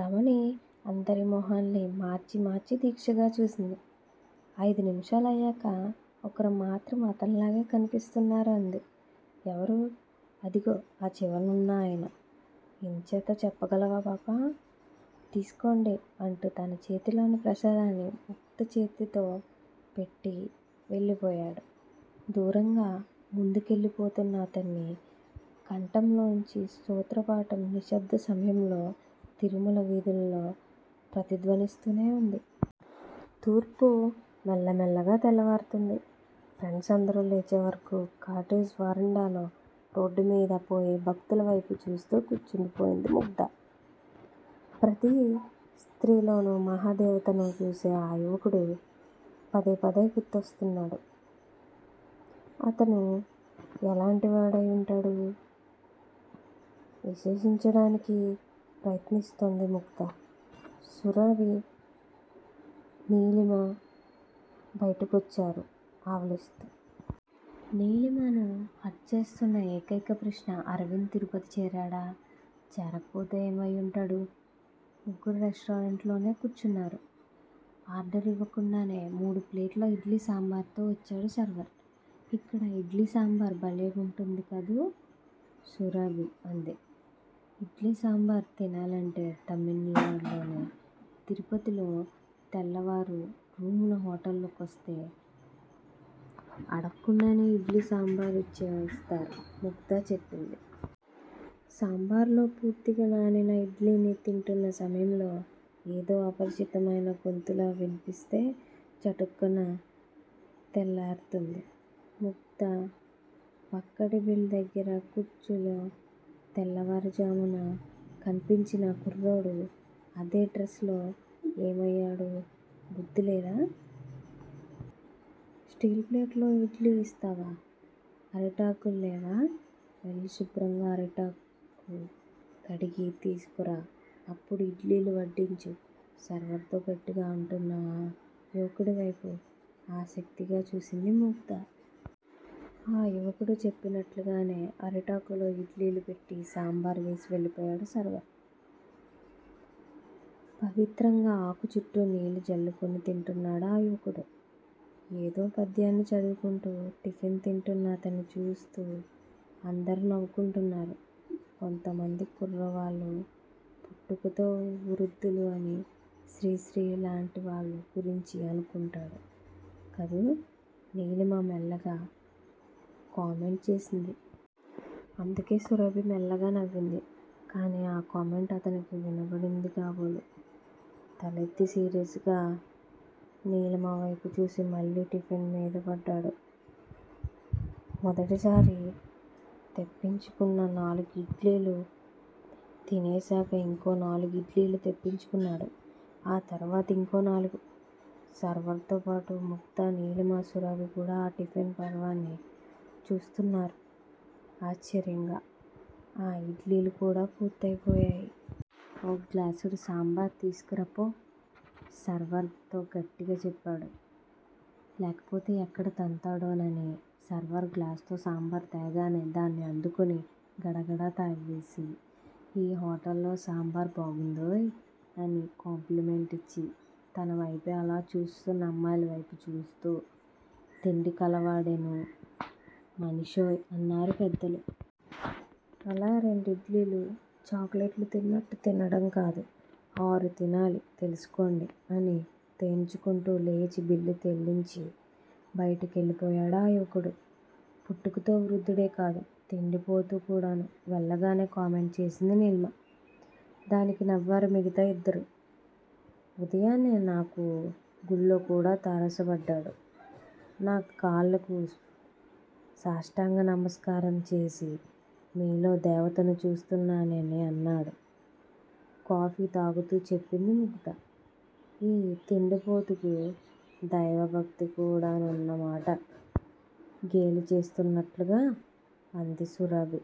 రమణి అందరి మొహాల్ని మార్చి మార్చి దీక్షగా చూసింది. అయిదు నిమిషాలయ్యాక ఒక్కరు మాత్రం అతన్లా కన్పిస్తున్నారు! అంది. ఎవరు? అదిగో ఆ చివరన ఉన్నాయన! ఎంచేత చెప్పగలవా పాపా? తీసుకోండి అంటూ తన చేతిలోని ప్రసాదాన్ని ముగ్ధ చేతిలో పెట్టి వెళ్లిపోయాడు. దూరంగా, ముందుకెళ్ళి పోతున్నా అతని కంఠంలోంచి స్తోత్రపాఠం నిశ్శబ్ద సమయంలో తిరుమల వీధుల్లో ప్రతిధ్వనిస్తూనే వుంది. తూర్పు మెల్లమెల్లగా తెల్లవారుతోంది. ఫ్రెండ్స్ అందరూ లేచేవరకూ కాటేజ్ వరండాలో రోడ్డుమీద పోయే భక్తులవేపు చూస్తూ కూర్చుండి పోయింది ముగ్ధ. ప్రతి స్త్రీలోని మహాదేవతను చూసే ఆ యువకుడు' పదే పదే గుర్తోస్తున్నాడు. అతను ఎలాంటివాడై వుంటాడు? విశ్లేషించడానికి ప్రయత్నిస్తోంది ముగ్ధ. సురభి, నీలిమ బయటకొచ్చారు ఆవులిస్తూ. నీలిమను హట్ చేస్తున్న ఏకైక ప్రశ్న- అరవింద్ తిరుపతి చేరాడా? చేరకపోతే ఏమైవుంటాడు? ముగ్గురూ రెస్టారెంట్లోనే కూర్చున్నారు. ఆర్దరివ్వకుండానే మూడు ప్లేట్ల ఇడ్లీ సాంబారుతో వచ్చాడు సర్వర్. ఇక్కడ ఇడ్లీ సాంబారు భలేగుంటుంది కదూ సురభి అంది. ఇడ్లీ సాంబారు తినాలంటే తమిళనాడులోనే, తిరుపతిలో తెల్లవారు రూములో హోటల్ కొస్తే అడక్కుండానే ఇడ్లీ సాంబారిచ్చేస్తారు ముగ్ధ చెప్పింది. సాంబారులో పూర్తిగా నానిన ఇడ్లీని తింటున్న సమయంలో- ఏదో అపరిచితమైన గొంతులా విన్పిస్తే చటుక్కున తెల్లరుతుంది ముగ్ధ. పక్కటేబిల్ దగ్గర కుర్చీలో- తెల్లవారు జామున కన్పించిన ఆ కుర్రోడు! అదే డ్రెస్ లో- ఏమయ్యాడో బుద్దిలేదా, స్టీలుప్లేట్ లో ఇడ్లీ ఇస్తావా అరిటాకుల్లేవా వెళ్లి శుభ్రంగా అరిటాకు కడిగి తీసుకురా అప్పుడు ఇడ్లీలు వడ్డించు సర్వర్ తో గట్టిగా అంటున్న ఆ యువకుడి వైపు ఆసక్తిగా చూసింది ముగ్ధ. ఆ యువకుడు చెప్పినట్లుగానే అరిటాకులో ఇడ్లీలు పెట్టి సాంబారు వేసి వెళ్లిపోయాడు సర్వర్. పవిత్రంగా ఆకు చుట్టూ నీళ్ళు జల్లుకుని తింటున్నాడు ఆ యువకుడు. ఏదో పద్యాన్ని చదువుకుంటూ టిఫిన్ తింటున్న అతన్ని చూస్తూ అందరూ నవ్వుకుంటున్నారు. కొంతమంది కుర్రవాళ్ళు పుట్టుకతో వృద్దులు అని శ్రీ శ్రీ లాంటివాళ్ళ గురించి అనుకుంటాడు కదూ నీలిమ మెల్లగా కామెంట్ చేసింది. అందుకే సురభి మెల్లగా నవ్వింది. కానీ ఆ కామెంట్ అతనికి వినబడింది కాబోలు తలెత్తి సీరియస్ గా నీలిమవేపుచూసి మళ్ళీ టిఫిన్ మీద పడ్డాడు. మొదటిసారి తెప్పించుకున్న నాలుగిడ్లీలూ తినేసాక ఇంకో నాలుగు ఇడ్లీలు తెప్పించుకున్నాడు. ఆ తర్వాత ఇంకో నాలుగు. సర్వర్ తోపాటు ముగ్ధ, నీలిమ, సురభి, కూడా ఆ టిఫిన్ పర్వాన్ని చూస్తున్నారు ఆశ్చర్యంగా, ఆ ఇడ్లీలుకూడా పూర్తయిపోయాయి. ఓ గ్లాసుడు సాంబారు తీసుకురా పో సర్వర్ తో గట్టిగా చెప్పాడు లేకపోతే ఎక్కడ తంతాడోనని, సర్వర్ గ్లాసుతో సాంబారు తేగానే దాన్ని అందుకుని గడగడా తాగేసి, ఈ హోటల్లో సాంబారు బాగుందోయ్ అని కాంప్లిమెంట్ ఇచ్చి తన వైపే అలా చూస్తున్న అమ్మాయిల వైపు చూస్తూ, తిండి కలవాడేను మనిషోయ్ అన్నారు పెద్దలు. అలా రెండిడ్లీలు చాక్లేట్లు తిన్నట్టు తినడంకాదు. ఆరు తినాలి తెల్సుకోండి అని తేన్చుకుంటూ లేచి బిల్లు చెల్లించి బయటికెళ్ళిపోయాడు ఆ యువకుడు. పుట్టుకతో వృద్దుడేకాదు తిండిపోతు కూడాను వెళ్ళగానే కామెంట్ చేసింది నీలిమ. దానికి నవ్వారు మిగతా ఇద్దరూ. ఉదయాన్నే నాకు గుళ్ళోకూడా తారసపడ్డాడు. నా కాళ్ళకు సాష్టాంగ నమస్కారంచేసి మీలో దేవతను చూస్తున్నానని అన్నాడు కాఫీ తాగుతూ చెప్పింది ముగ్ధ. ఈ తిండిపొతుకు దైవభక్తికూడానన్నమాట గేలిచేస్తున్నట్లుగా అంది సురభి.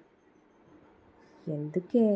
ఎందుకే